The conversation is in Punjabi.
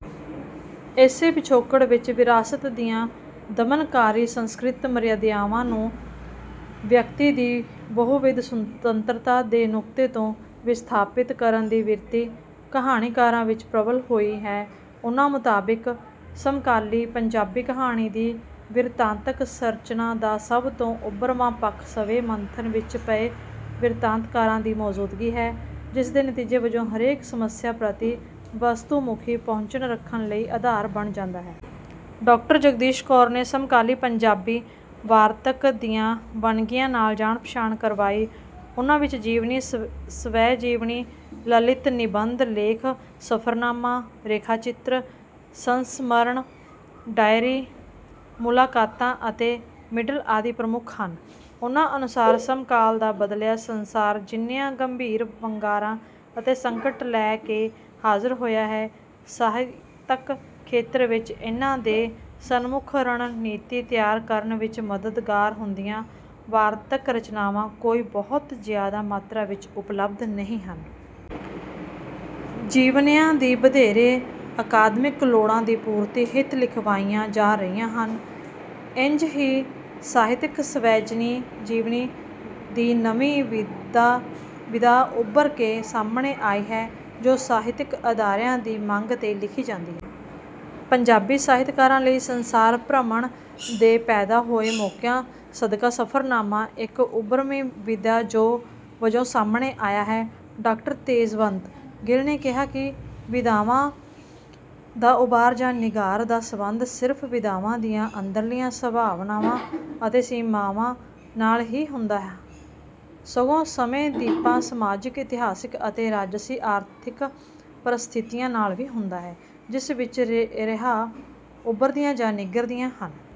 ਇਸੇ ਪਿਛੋਕੜ ਵਿੱਚ ਵਿਰਾਸਤ ਦੀਆਂ ਦਮਨਕਾਰੀ ਸੰਸਕ੍ਰਿਤਕ ਮਰਿਯਾਦਾਵਾਂ ਨੂੰ ਵਿਅਕਤੀ ਦੀ ਬਹੁ-ਵਿਧ ਸੁਤੰਤਰਤਾ ਦੇ ਨੁਕਤੇ ਤੋਂ ਵਿਸਥਾਪਿਤ ਕਰਨ ਦੀ ਬਿਰਤੀ ਕਹਾਣੀਕਾਰਾਂ ਵਿੱਚ ਪ੍ਰਬਲ ਹੋਈ ਹੈ। ਉਨ੍ਹਾ ਮੁਤਾਿਬਕ ਸਮਕਾਲੀ ਪੰਜਾਬੀ ਕਹਾਣੀ ਦੀ ਬਿਰਤਾਂਤਕ ਸੰਰਚਨਾ ਦਾ ਸਭ ਤੋਂ ਉਭਰਵਾਂ ਪੱਖ ਸਵੈ ਮੰਥਨ ਵਿੱਚ ਪਏ ਬਿਰਤਾਂਤਕਾਰ ਦੀ ਮੌਜੂਦਗੀ ਹੈ ਜਿਸ ਦੇ ਨਤੀਜੇ ਵਜੋਂ ਹਰੇਕ ਸਮੱਸਿਆ ਪ੍ਰਤੀ ਵਸਤੂਮੁਖੀ ਪਹੁੰਚ ਰੱਖਣ ਲਈ ਆਧਾਰ ਬਣ ਜਾਂਦਾ ਹੈ। ਡਾ. ਜਗਦੀਸ਼ ਕੌਰ ਨੇ ਸਮਕਾਲੀ ਪੰਜਾਬੀ ਵਾਰਤਕ ਦੀਆਂ ਵੰਨਗੀਆਂ ਨਾਲ ਜਾਣ ਪਛਾਣ ਕਰਵਾਈ ਉਨ੍ਹਾਂ ਵਿੱਚ ਜੀਵਨੀ, ਸ੍ਵੈਜੀਵਨੀ, ਲਲਿਤ ਨਿਬੰਧ, ਲੇਖ, ਸਫ਼ਰਨਾਮਾ, ਰੇਖਾ ਚਿੱਤਰ, ਸੰਸਮਰਣ, ਡਾਇਰੀ, ਮੁਲਾਕਾਤਾਂ ਅਤੇ ਮਿਡਲ ਆਦਿ ਪ੍ਰਮੁੱਖ ਹਨ। ਉਨ੍ਹਾਂ ਅਨੁਸਾਰ ਸਮਕਾਲ ਦਾ ਬਦਲਿਆ ਸੰਸਾਰ ਜਿੰਨੀਆਂ ਗੰਭੀਰ ਵੰਗਾਰਾਂ ਅਤੇ ਸੰਕਟ ਲੈ ਕੇ ਹਾਜ਼ਰ ਹੋਇਆ ਹੈ, ਸਾਹਿਤਕ ਖੇਤਰ ਵਿੱਚ ਇਨ੍ਹਾਂ ਦੇ ਸਨਮੁਖ ਰਣਨੀਤੀ ਤਿਆਰ ਕਰਨ ਵਿੱਚ ਮਦਦਗਾਰ ਹੁੰਦੀਆਂ ਵਾਰਤਕ ਰਚਨਾਵਾਂ ਕੋਈ ਬਹੁਤ ਜਿਆਦਾ ਮਾਤਰਾ ਵਿੱਚ ਉਪਲਬਧ ਨਹੀਂ ਹਨ। ਜੀਵਨਆਂ ਵੀ ਵਧੇਰੇ ਅਕਾਦਮਿਕ ਲੋੜਾਂ ਦੀ ਪੂਰਤੀ ਹਿੱਤ ਲਿਖਵਾਈਆਂ ਜਾ ਰਹੀਆਂ ਹਨ। ਿੲੰਝ ਹੀ ਸਾਹਿਤਕ ਸ੍ਵੈਜੀਵਨੀ ਦੀ ਨਵੀਂ ਵਿਧਾ ਉਭਰ ਕੇ ਸਾਹਮਣੇ ਆਈ ਹੈ ਜੋ ਸਾਹਿਤਕ ਅਦਾਰਿਆਂ ਦੀ ਮੰਗ ਤੇ ਲਿਖੀ ਜਾਂਦੀ ਹੈ। ਪੰਜਾਬੀ ਸਾਹਿਤਕਾਰਾਂ ਲਈ ਸੰਸਾਰ ਭ੍ਰਮਣ ਦੇ ਪੈਦਾ ਹੋਏ ਮੌਕਿਆਂ ਸਦਕਾ ਸਫ਼ਰਨਾਮਾ ਿੲੱਕ ਉਭਰਵੀਂ ਵਿਧਾ ਵਜੋਂ ਸਾਹਮਣੇ ਆਇਆ ਹੈ। ਡਾ. ਤੇਜਵੰਤ ਗਿੱਲ ਨੇ ਕਿਹਾ ਕਿ ਵਿਧਾਵਾਂ ਦਾ ਉਭਾਰ ਜਾਂ ਨਿਘਾਰ ਦਾ ਸੰਬੰਧ ਸਿਰਫ ਵਿਧਾਵਾਂ ਦੀਆਂ ਅੰਦਰਲੀਆਂ ਸੰਭਾਵਨਾਵਾਂ ਅਤੇ ਸੀਮਾਵਾਂ ਨਾਲ ਹੀ ਨਹੀਂ ਹੁੰਦਾ ਸਗੋਂ ਸਮੇਂ ਦੀਪਾਂ ਸਮਾਜਿਕ-ਇਤਿਹਾਸਕ ਅਤੇ ਰਾਜਸੀ-ਆਰਥਿਕ ਪਰਸਥਿਤੀਆਂ ਨਾਲ ਵੀ ਹੁੰਦਾ ਹੈ ਜਿਸ ਵਿੱਚ ਰਿਹਾ ਉਭਰਦੀਆਂ ਜਾਂ ਨਿਘਰਦੀਆਂ ਹਨ।